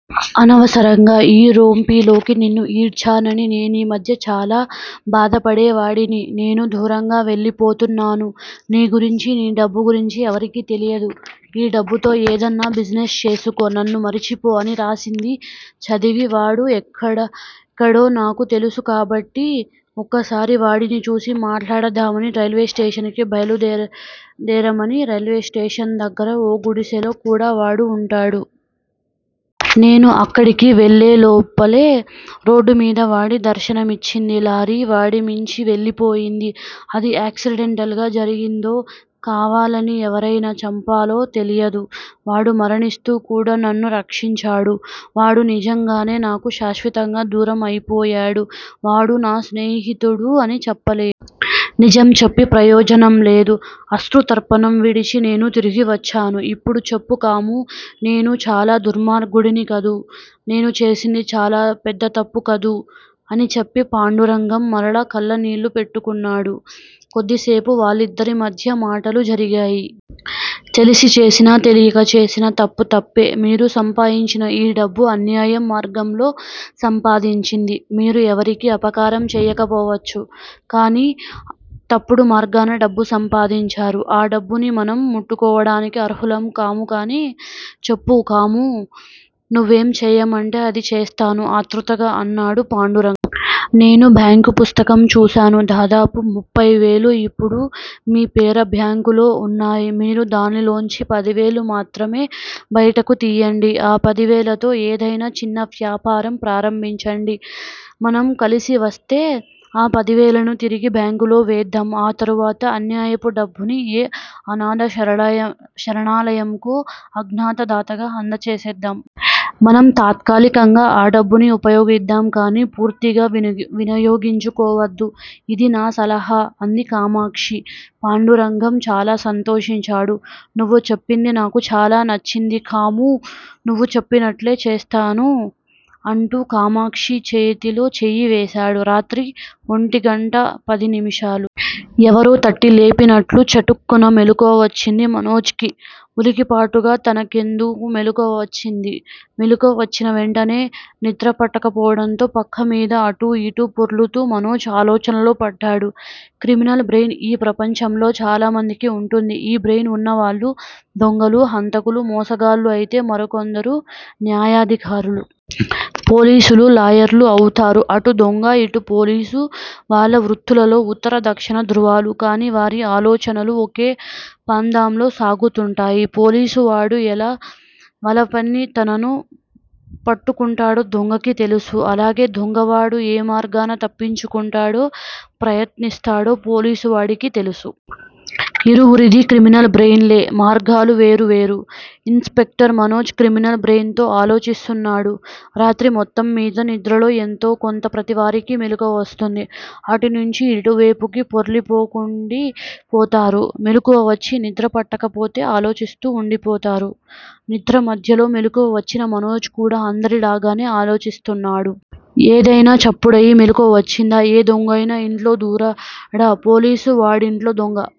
అనవసరంగా ఈ రొంపిలోకి నిన్ను ఈడ్చానని నేనీమధ్య చాలా బాధపడేవాడిని. నేను దూరంగా వెళ్లిపోతున్నాను. నీగురించీ, నీ డబ్బు గురించీ ఎవరికీ తెలియదు. ఈ డబ్బుతో ఏదన్నా బిజినెస్ చేసుకో! నన్ను మర్చిపో! అని రాసింది చదివి, వాడు ఎక్కడెక్కడో నాకు తెలుసు కాబట్టి, ఒక్కసారి వాడిని చూసి మాట్లాడదామని, రైల్వేస్టేషన్ కి బయలు దేరామని, రైల్వేస్టేషన్ దగ్గర ఒక గుడిసెలో కూడా వాడు వుంటాడు. నేను అక్కడికి వెళ్ళేలోపలే, రోడ్డు మీద వాడి దర్శనమిచ్చింది లారీ వాడిమీంచి వెళ్ళిపోయింది. అది యాక్సిడెంటల్ గా జరిగిందో, కావాలని ఎవరయినా చంపాలో తెలియదు. వాడు మరణిస్తూ కూడా నన్ను రక్షించాడు. వాడు నిజంగానే నాకు శాశ్వతంగా దూరం అయిపోయాడు. వాడు నా స్నేహితుడు అని చెప్పలేను. నిజం చెప్పీ ప్రయోజనం లేదు. అశ్రుతర్పణం విడిచి నేను తిరిగి వచ్చాను. ఇప్పుడు చెప్పు కామూ! నేను చాలా దుర్మార్గుడిని కదూ! నేను చేసింది చాలా పెద్ద తప్పు కదూ! అని చెప్పి పాండురంగం మరలా కళ్ళ నీళ్ళు పెట్టుకున్నాడు. కొద్దిసేపు వాళ్లిద్దరి మధ్యా మాటలు జరిగాయి. తెలిసి చేసినా తెలియక చేసినా తప్పు తప్పే. మీరు సంపాయించిన ఈ డబ్బు, అన్యాయం మార్గంలో సంపాదించింది. మీరు ఎవరికీ అపకారం చెయ్యకపోవచ్చు. కానీ, తప్పుడు మార్గాన డబ్బు సంపాదించారు. ఆ డబ్బుని మనం ముట్టుకోడానికి అర్హులం కాముకానీ చెప్పు! కామూ! నువ్వేం చేయమంటే అది చేస్తాను ఆత్రుతగా అన్నాడు పాండురంగం. నేను బ్యాంక్ పుస్తకం చూశాను. దాదాపు ముప్పైవేలు ఇప్పుడు మీ పేర బ్యాంకులో వున్నాయి. మీరు దానిలోంచి పదివేలు మాత్రమే బయటికి తియ్యండి. ఆ పదివేలతో ఏదయినా చిన్న వ్యాపారం ప్రారంభించండి. మనకి కలిసివస్తే, ఆ పదివేలని తిరిగి బ్యాంకులో వేద్దాం. ఆ తరువాత అన్యాయపు డబ్బుని ఏ అనాధ శరణాలయంకో అజ్ఞాత దాతగా అందచేద్దాం. మనం తాత్కాలికంగా ఆ డబ్బుని ఉపయోగిద్దాం కానీ, పూర్తిగా వినియోగించుకోవద్దు. ఇది నా సలహా! అంది కామాక్షి. పాండురంగం చాలా సంతోషించాడు. నువ్వు చెప్పింది నాకు చాలా నచ్చింది కామూ! నువ్వు చెప్పినట్లే చెప్తాను అంటూ కామాక్షి చేతిలో చెయ్యి వేశాడు. రాత్రి ఒంటిగంటా పది నిమిషాలు. ఎవరో తట్టి లేపినట్లు చటుక్కున మెలకువ వచ్చింది మనోజ్ కి. వులికిపాటుగా తనకెందుకు మెలుకువ వచ్చింది? మెలకువ వచ్చినా వెంటనే నిద్రపట్టకపోవటంతో పక్క మీద అటూ యిటూ పొర్లుతూ మనోజు ఆలోచనలో పడ్డాడు. క్రిమినల్ బ్రెయిన్ ఈ ప్రపంచంలో చాలామందికి వుంటుంది. ఈ బ్రెయిన్ వున్న వాళ్ళు దొంగలూ, హంతకులూ, మోసగాళ్ళూ అయితే, మరికొందరు న్యాయాధికారులు! పోలీసులూ, లాయర్లూ అవుతారు. అటుదొంగ, ఇటు పోలీసు వాళ్ళ వృత్తులో ఉత్తర, దక్షిణ ధృవాలు. కానీ, వారి ఆలోచనలు ఒకే పంధాలో సాగుతూంటాయి. పోలీసువాడు ఎలా వలపన్ని తనని పట్టుకుంటాడో దొంగకి తెలుసు. అలాగే దొంగవాడు ఏ మార్గాన తప్పించుకోటానికి ప్రయత్నిస్తాడో పోలీసు వాడికి తెలుసు. ఇరువురిది క్రిమినల్ బ్రెయిన్ లే మార్గాలు వేరు వేరు. Inspector Manoj criminal brain తో ఆలోచిస్తున్నాడు. రాత్రి మొత్తంమీద నిద్రలో ఎంతోకొంత ప్రతివారికి మెలుకువ వస్తుంది. అటునుంచి ఇటువేపుకి పొర్లిపడుకుండి పోతారు. మెలుకువ వచ్చి నిద్ర పట్టకపోతే ఆలోచిస్తూ వుండిపోతారు. నిద్ర మధ్యలో మెలకువ వచ్చిన మనోజ్ కూడ అందరి లాగానే ఆలోచిస్తున్నాడు. ఏదయినా చప్పుడయి మెలుకువ వచ్చిందా? ఏ దొంగైయినా ఇంట్లో దూరాడా? పోలీసు వాడింట్లో దొంగ!